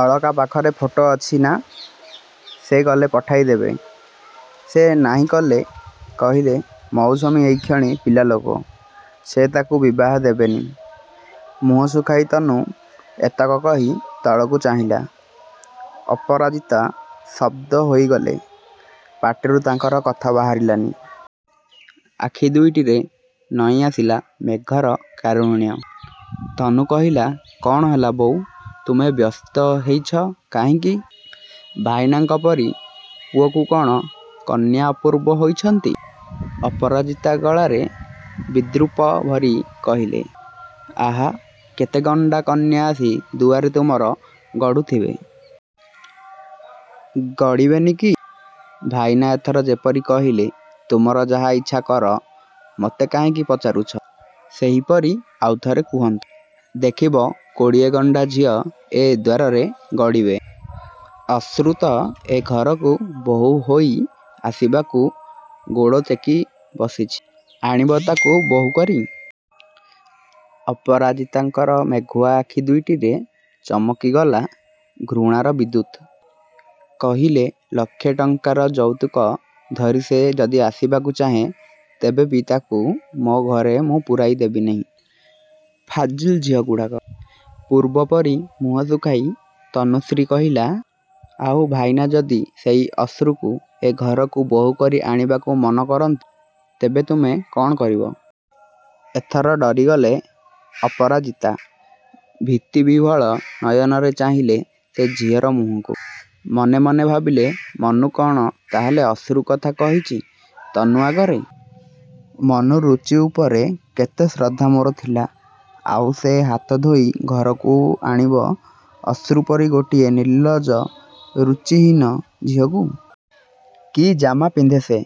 ଅଳକା ପାଖରେ ଫଟୋ ଅଛି ନା ସେ ଗଲେ ପଠାଇଦେବେ? ସେ ନାହିଁ କଲେ। କହିଲେ ମୌସୁମୀ ଏହିକ୍ଷଣି ପିଲା ଲୋକ। ସେ ତାକୁ ବିବାହ ଦେବେନି। ମୁହଁ ଶୁଖାଇ ତନୁ ଏତକ କହି ତଳକୁ ଚାହିଁଲା। ଅପରାଜିତା ସ୍ତବ୍ଧ ହୋଇଗଲେ। ପାଟିରୁ ତାଙ୍କର କଥା ବାହାରିଲାନି। ଆଖିଦୁଇଟିରେ ନଇଁଆସିଲା ମେଘର କାରୁଣ୍ୟ। ତନୁ କହିଲା କଣ ହେଲା ବୋଉ? ତୁମେ ବ୍ୟସ୍ତ ହେଉଛ କାହିଁକି? ଭାଇନାଙ୍କ ପରି ପୁଅକୁ କଣ କନ୍ୟା ଅପୂର୍ବ ହୋଇଛନ୍ତି? ଅପରାଜିତା ଗଳାରେ ବିଦ୍ରୂପ ଭରି କହିଲେ ଆହାଃ କେତେ ଗଣ୍ଡା କନ୍ୟା ଆସି ଦୁଆରେ ତୁମର ଗଡ଼ୁଥିବେ। ଗଡ଼ିବେନି କି ଭାଇନା ଏଥର ଯେପରି କହିଲେ। ତୁମର ଯାହା ଇଚ୍ଛା କର ମୋତେ କାହିଁକି ପଚାରୁଛ। ସେହିପରି ଆଉଥରେ କୁହନ୍ତୁ ଦେଖିବ କୋଡ଼ିଏ ଗଣ୍ଡା ଝିଅ ଏ ଦ୍ୱାରରେ ଗଡ଼ିବେ। ଅଶ୍ରୁ ତ ଏ ଘରକୁ ବୋହୂ ହୋଇ ଆସିବାକୁ ଗୋଡ଼ଟେକି ବସିଛି। ଆଣିବ ତାକୁ ବୋହୂ କରି? ଅପରାଜିତାଙ୍କର ମେଘୁଆ ଆଖି ଦୁଇଟିରେ ଚମକିଗଲା ଘୃଣାର ବିଦ୍ୟୁତ୍। କହିଲେ ଲକ୍ଷ ଟଙ୍କାର ଯୌତୁକ ଧରି ସେ ଯଦି ଆସିବାକୁ ଚାହେଁ ତେବେ ବି ତାକୁ ମୋ ଘରେ ମୁଁ ପୁରାଇଦେବିନି। ଫାଜିଲ୍ ଝିଅଗୁଡ଼ାକ ପୂର୍ବ ପରି ମୁହଁ ଶୁଖାଇ ତନୁଶ୍ରୀ କହିଲା ଆଉ ଭାଇନା ଯଦି ସେଇ ଅଶ୍ରୁକୁ ଏ ଘରକୁ ବୋହୂ କରି ଆଣିବାକୁ ମନ କରନ୍ତି। ତେବେ ତୁମେ କଣ କରିବ? ଏଥର ଡରିଗଲେ ଅପରାଜିତା। ଭୀତିବିହ୍ୱଳ ନୟନରେ ଚାହିଁଲେ ସେ ଝିଅର ମୁହଁକୁ। ମନେ ମନେ ଭାବିଲେ ମନୁ କଣ ତାହେଲେ ଅଶ୍ରୁ କଥା କହିଛି ତନୁ ଆଗରେ ମନୁ ରୁଚି ଉପରେ କେତେ ଶ୍ରଦ୍ଧା ମୋର ଥିଲା। ଆଉ ସେ ହାତଧୋଇ ଘରକୁ ଆଣିବ ଅଶ୍ରୁପରି ଗୋଟିଏ ନିର୍ଲଜ୍ଜ ରୁଚିହୀନା ଝିଅକୁ। କି ଜାମା ପିନ୍ଧେ ସେ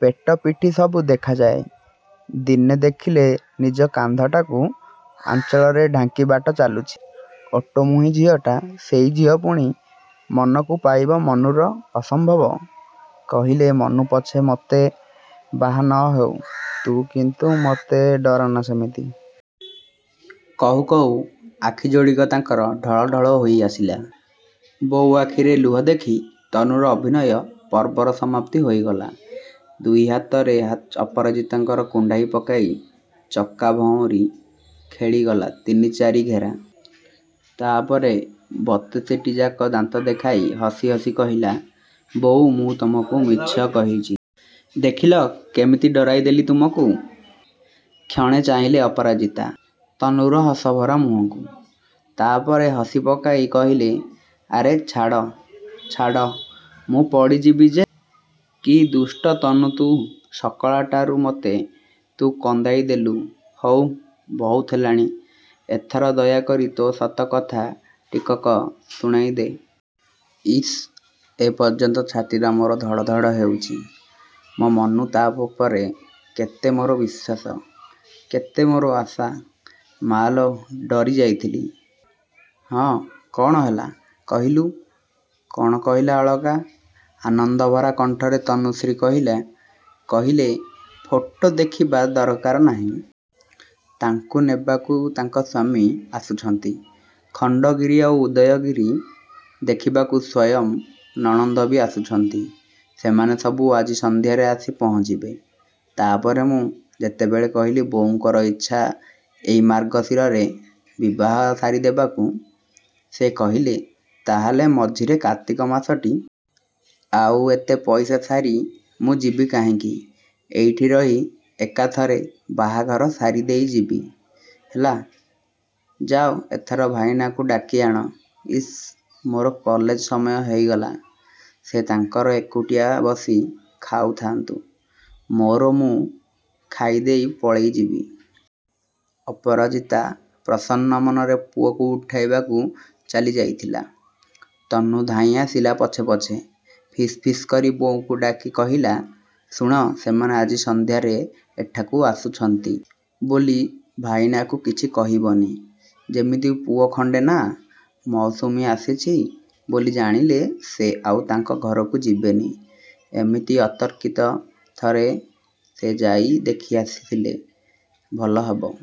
ପେଟ ପିଠି ସବୁ ଦେଖାଯାଏ। ଦିନେ ଦେଖିଲି ନିଜ କାନ୍ଧଟାକୁ ଆଞ୍ଚଳରେ ଢାଙ୍କି ବାଟ ଚାଲୁଛି ଓଟ ମୁହିଁ ଝିଅଟା। ସେଇ ଝିଅ ପୁଣି ମନକୁ ପାଇବ ମନୁର ଅସମ୍ଭବ। କହିଲେ ମନୁ ପଛେ ମୋଟେ ବାହା ନ ହେଉ ତୁ କିନ୍ତୁ ମୋତେ ଡରାନା ସେମିତି। କହୁ କହୁ ଆଖିଯୋଡ଼ିକ ତାଙ୍କର ଢଳଢଳ ହୋଇଆସିଲା। ବୋଉ ଆଖିରେ ଲୁହ ଦେଖି ତନୁର ଅଭିନୟ ପର୍ବର ସମାପ୍ତି ହୋଇଗଲା। ଦୁଇ ହାତରେ ଅପରାଜିତାଙ୍କୁ କୁଣ୍ଢାଇ ପକାଇ ଚକା ଭଉଁରି ଖେଳିଗଲା ତିନି ଚାରି ଘେରା। ତାପରେ ବତିଶଟିଯାକ ଦାନ୍ତ ଦେଖାଇ ହସି ହସି କହିଲା ବୋଉ ମୁଁ ତୁମକୁ ମିଛ କହିଛି। ଦେଖିଲ କେମିତି ଡରାଇ ଦେଲି ତୁମକୁ। କ୍ଷଣେ ଚାହିଁଲେ ଅପରାଜିତା ତନୁର ହସଭରା ମୁହଁକୁ। ତାପରେ ହସିପକାଇ କହିଲେ ଆରେ ଛାଡ଼ ଛାଡ଼ ମୁଁ ପଡ଼ିଯିବି ଯେ। କି ଦୁଷ୍ଟ ତନୁ ତୁ ସକାଳୁଟାରୁ ମୋତେ ତୁ କନ୍ଦାଇ ଦେଲୁ। ହଉ ବହୁତ ହେଲାଣି। ଏଥର ଦୟାକରି ତୋ ସତ କଥା ଟିକକ ଶୁଣାଇଦେ। ଇସ୍ ଏ ପର୍ଯ୍ୟନ୍ତ ଛାତିଟା ମୋର ଧଡ଼ ଧଡ଼ ହେଉଛି। ମୋ ମନୁ ତା ଉପରେ କେତେ ମୋର ବିଶ୍ୱାସ କେତେ ମୋର ଆଶା ମାଲୋ ଡରିଯାଇଥିଲି। ହଁ କଣ ହେଲା କହିଲୁ? କଣ କହିଲା ଅଳକା? ଆନନ୍ଦଭରା କଣ୍ଠରେ ତନୁଶ୍ରୀ କହିଲା କହିଲେ ଫଟୋ ଦେଖିବା ଦରକାର ନାହିଁ। ତାଙ୍କୁ ନେବାକୁ ତାଙ୍କ ସ୍ୱାମୀ ଆସୁଛନ୍ତି। ଖଣ୍ଡଗିରି ଆଉ ଉଦୟଗିରି ଦେଖିବାକୁ ସ୍ୱୟଂ ନଣନ୍ଦ ବି ଆସୁଛନ୍ତି। ସେମାନେ ସବୁ ଆଜି ସନ୍ଧ୍ୟାରେ ଆସି ପହଞ୍ଚିବେ। ତାପରେ ମୁଁ ଯେତେବେଳେ କହିଲି ବୋଉଙ୍କର ଇଚ୍ଛା ଏଇ ମାର୍ଗଶିରରେ ବିବାହ ସାରିଦେବାକୁ। ସେ କହିଲେ ତାହାହେଲେ ମଝିରେ କାର୍ତ୍ତିକ ମାସଟି। ଆଉ ଏତେ ପଇସା ସାରି ମୁଁ ଯିବି କାହିଁକି? ଏଇଠି ରହି ଏକାଥରେ ବାହାଘର ସାରିଦେଇ ଯିବି। ହେଲା। ଯାଅ ଏଥର ଭାଇନାକୁ ଡାକିଆଣ। ଇସ୍ ମୋର କଲେଜ ସମୟ ହୋଇଗଲା। ସେ ତାଙ୍କର ଏକୁଟିଆ ବସି ଖାଉଥାନ୍ତୁ। ମୋର ମୁଁ ଖାଇଦେଇ ପଳେଇ ଯିବି। ଅପରାଜିତା ପ୍ରସନ୍ନ ମନରେ ପୁଅକୁ ଉଠାଇବାକୁ ଚାଲିଯାଉଥିଲେ। ତନୁ ଧାଇଁଆସିଲା ପଛେ ପଛେ। ଫିସ୍ ଫିସ୍ କରି ବୋଉଙ୍କୁ ଡାକି କହିଲା ଶୁଣ ସେମାନେ ଆଜି ସନ୍ଧ୍ୟାରେ ଏଠାକୁ ଆସୁଛନ୍ତି ବୋଲି ଭାଇନାକୁ କିଛି କହିବନି। ଯେମିତି ପୁଅ ଖଣ୍ଡେ ନା ମୌସୁମୀ ଆସିଛି ବୋଲି ଜାଣିଲେ ସେ ଆଉ ତାଙ୍କ ଘରକୁ ଯିବେନି। ଏମିତି ଅତର୍କିତ ଥରେ ସେ ଯାଇ ଦେଖିଆସିଲେ ଭଲ ହବ।